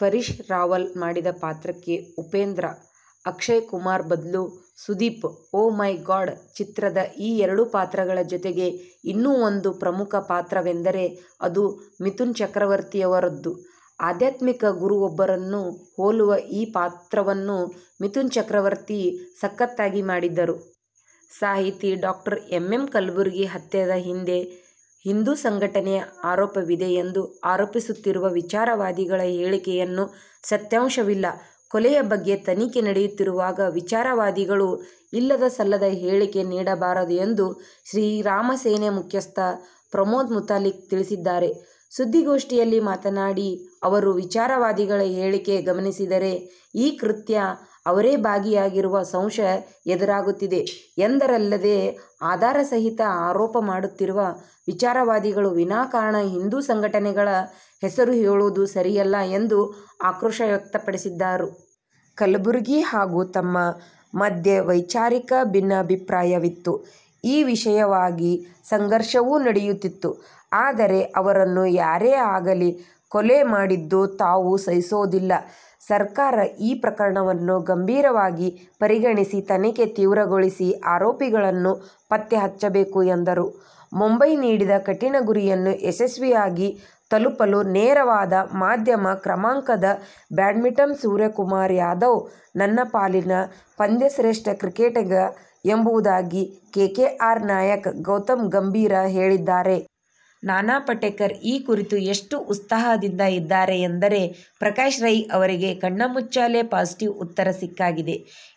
ಪರೇಶ್ ರಾವಲ್ ಮಾಡಿದ ಪಾತ್ರಕ್ಕೆ ಉಪೇಂದ್ರ. ಅಕ್ಷಯ್ ಕುಮಾರ್ ಬದಲು ಸುದೀಪ್. "ಓ ಮೈ ಗಾಡ್' ಚಿತ್ರದಲ್ಲಿ ಈ ಎರಡು ಪಾತ್ರಗಳ ಜೊತೆಗೆ ಇನ್ನೂ ಒಂದು ಪ್ರಮುಖ ಪಾತ್ರವೆಂದರೆ ಅದು ಮಿಥುನ್ ಚಕ್ರವರ್ತಿಯವರದ್ದು. ಆಧ್ಯಾತ್ಮಿಕ ಗುರುವೊಬ್ಬರನ್ನು ಹೋಲುವ ಈ ಪಾತ್ರವನ್ನು ಮಿಥುನ್ ಚಕ್ರವರ್ತಿ ಸಖತ್ತಾಗಿ ಮಾಡಿದ್ದರು. ಸಾಹಿತಿ ಡಾ ಎಂ. ಎಂ. ಕಲಬುರ್ಗಿ ಹತ್ಯೆಯ ಹಿಂದೆ ಹಿಂದೂ ಸಂಘಟನೆಯ ಪಾತ್ರವಿದೆಯೆಂದು ಆರೋಪಿಸುತ್ತಿರುವ ವಿಚಾರವಾದಿಗಳ ಹೇಳಿಕೆಯಲ್ಲಿ ಸತ್ಯಾಂಶವಿಲ್ಲ. ಕೊಲೆ ಬಗ್ಗೆ ತನಿಖೆ ನಡೆಯುತ್ತಿರುವಾಗ ವಿಚಾರವಾದಿಗಳು ಇಲ್ಲಸಲ್ಲದ ಹೇಳಿಕೆ ನೀಡಬಾರದು ಎಂದು ಶ್ರೀರಾಮಸೇನೆ ಮುಖ್ಯಸ್ಥ ಪ್ರಮೋದ ಮುತಾಲಿಕ ತಿಳಿಸಿದ್ದಾರೆ. ಸುದ್ದಿಗೋಷ್ಠಿಯಲ್ಲಿ ಮಾತನಾಡಿದ ಅವರು, ವಿಚಾರವಾದಿಗಳ ಹೇಳಿಕೆ ಗಮನಿಸಿದರೆ ಈ ಕೃತ್ಯದಲ್ಲಿ ಅವರೇ ಭಾಗಿಯಾಗಿರುವ ಸಂಶಯ ಎದುರಾಗುತ್ತದೆ ಎಂದರಲ್ಲದೇ, ಆಧಾರರಹಿತ ಆರೋಪ ಮಾಡುತ್ತಿರುವ ವಿಚಾರವಾದಿಗಳು ವಿನಾಕಾರಣ ಹಿಂದೂ ಸಂಘಟನೆಗಳ ಹೆಸರು ಹೇಳುವುದು ಸರಿಯಲ್ಲ ಎಂದು ಆಕ್ರೋಶ ವ್ಯಕ್ತಪಡಿಸಿದರು. ಕಲಬುರ್ಗಿ ಹಾಗೂ ತಮ್ಮ ಮಧ್ಯೆ ವೈಚಾರಿಕ ಭಿನ್ನಾಭಿಪ್ರಾಯವಿತ್ತು. ಈ ವಿಷಯವಾಗಿ ಸಂಘರ್ಷವೂ ನಡೆಯುತ್ತಿತ್ತು. ಆದರೆ ಅವರನ್ನು ಯಾರೇ ಆಗಲಿ ಕೊಲೆ ಮಾಡಿದ್ದನ್ನು ತಾವು ಸಹಿಸುವುದಿಲ್ಲ. ಸರ್ಕಾರ ಈ ಪ್ರಕರಣವನ್ನು ಗಂಭೀರವಾಗಿ ಪರಿಗಣಿಸಿ ತನಿಖೆ ತೀವ್ರಗೊಳಿಸಿ ಆರೋಪಿಗಳನ್ನು ಪತ್ತೆ ಹಚ್ಚಬೇಕು ಎಂದರು. ಮುಂಬೈ ನೀಡಿದ ಕಠಿನ ಗುರಿಯನ್ನು ಯಶಸ್ವಿಯಾಗಿ ತಲಪಲು ನೆರವಾದ ಮಧ್ಯಮ ಕ್ರಮಾಂಕದ ಬ್ಯಾಟ್ಸ್ಮನ್ ಸೂರ್ಯಕುಮಾರ್ ಯಾದವ್ ನನ್ನ ಪಾಲಿನ ಪಂದ್ಯಶ್ರೇಷ್ಠ ಕ್ರಿಕೆಟಿಗ ಎಂಬುದಾಗಿ ಕೆಕೆಆರ್ ನಾಯಕ ಗೌತಮ್ ಗಂಭೀರ್ ಹೇಳಿದ್ದಾರೆ. ನಾನಾ ಪಾಟೇಕರ್ ಈ ಕುರಿತು ಎಷ್ಟು ಉತ್ಸಾಹದಿಂದ ಇದ್ದಾರೆ ಎಂದರೆ ಪ್ರಕಾಶ್ರೈಗೆ ಅವರ ಕಣ್ಣಂಚಲ್ಲೇ ಪಾಸಿಟಿವ್ ಉತ್ತರ ಸಿಕ್ಕಾಗಿದೆ.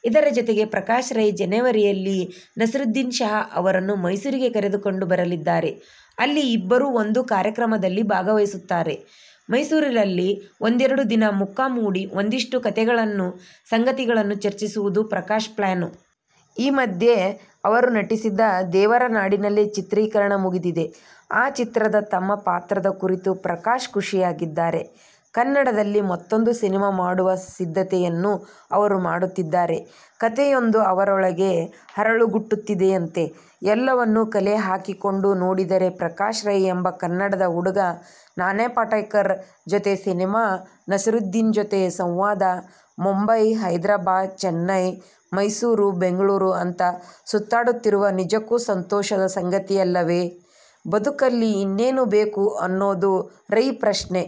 ಇದರ ಜೊತೆಗೇ ಪ್ರಕಾಶ್ ರೈ, ಜನವರಿಯಲ್ಲಿ ನಸೀರುದ್ದೀನ್ ಶಾ ಅವರನ್ನು ಮೈಸೂರಿಗೆ ಕರೆದುಕೊಂಡು ಬರಲಿದ್ದಾರೆ. ಅಲ್ಲಿ ಇಬ್ಬರೂ ಒಂದು ಕಾರ್ಯಕ್ರಮದಲ್ಲಿ ಭಾಗವಹಿಸುತ್ತಾರೆ. ಮೈಸೂರಲ್ಲೇ ಒಂದೆರಡು ದಿನ ಮೊಕ್ಕಾಂ ಹೂಡಿ ಒಂದಷ್ಟು ಕತೆಗಳನ್ನು, ಸಂಗತಿಗಳನ್ನು ಚರ್ಚಿಸುವುದು ಪ್ರಕಾಶ್ ಪ್ಲಾನು. ಈ ಮಧ್ಯೆ ಅವರು ನಟಿಸಿದ ದೇವರನಾಡಲ್ಲಿ ಚಿತ್ರೀಕರಣ ಮುಗಿದಿದೆ. ಆ ಚಿತ್ರದ ತಮ್ಮ ಪಾತ್ರದ ಕುರಿತೂ ಪ್ರಕಾಶ್ ಖುಷಿಯಾಗಿದ್ದಾರೆ. ಕನ್ನಡದಲ್ಲಿ ಮತ್ತೂಂದು ಸಿನಿಮಾ ಮಾಡುವ ಸಿದ್ಧತೆಯನ್ನೂ ಅವರು ಮಾಡುತ್ತಿದ್ದಾರೆ. ಕತೆಯೊಂದು ಅವರೊಳಗೆ ಹರಳುಗಟ್ಟುತ್ತಿದೆಯಂತೆ. ಎಲ್ಲವನ್ನೂ ಕಲೆಹಾಕಿಕೊಂಡು ನೋಡಿದರೆ ಪ್ರಕಾಶ್ ರೈ ಎಂಬ ಕನ್ನಡದ ಹುಡುಗ ನಾನಾ ಪಾಟೇಕರ್ ಜೊತೆ ಸಿನಿಮಾ, ನಸೀರುದ್ದೀನ್ ಜೊತೆ ಸಂವಾದ, ಮುಂಬೈ, ಹೈದರಾಬಾದ್, ಚೆನ್ನೈ, ಮೈಸೂರು, ಬೆಂಗಳೂರು- ಅಂತ ಸುತ್ತಾಡುತ್ತಿರುವುದು ನಿಜಕ್ಕೂ ಸಂತೋಷದ ಸಂಗತಿಯಲ್ಲವೇ? ಬದುಕಲ್ಲಿ ಇನ್ನೇನು ಬೇಕು ಅನ್ನೋದು ರೈ ಪ್ರಶ್ನೆ!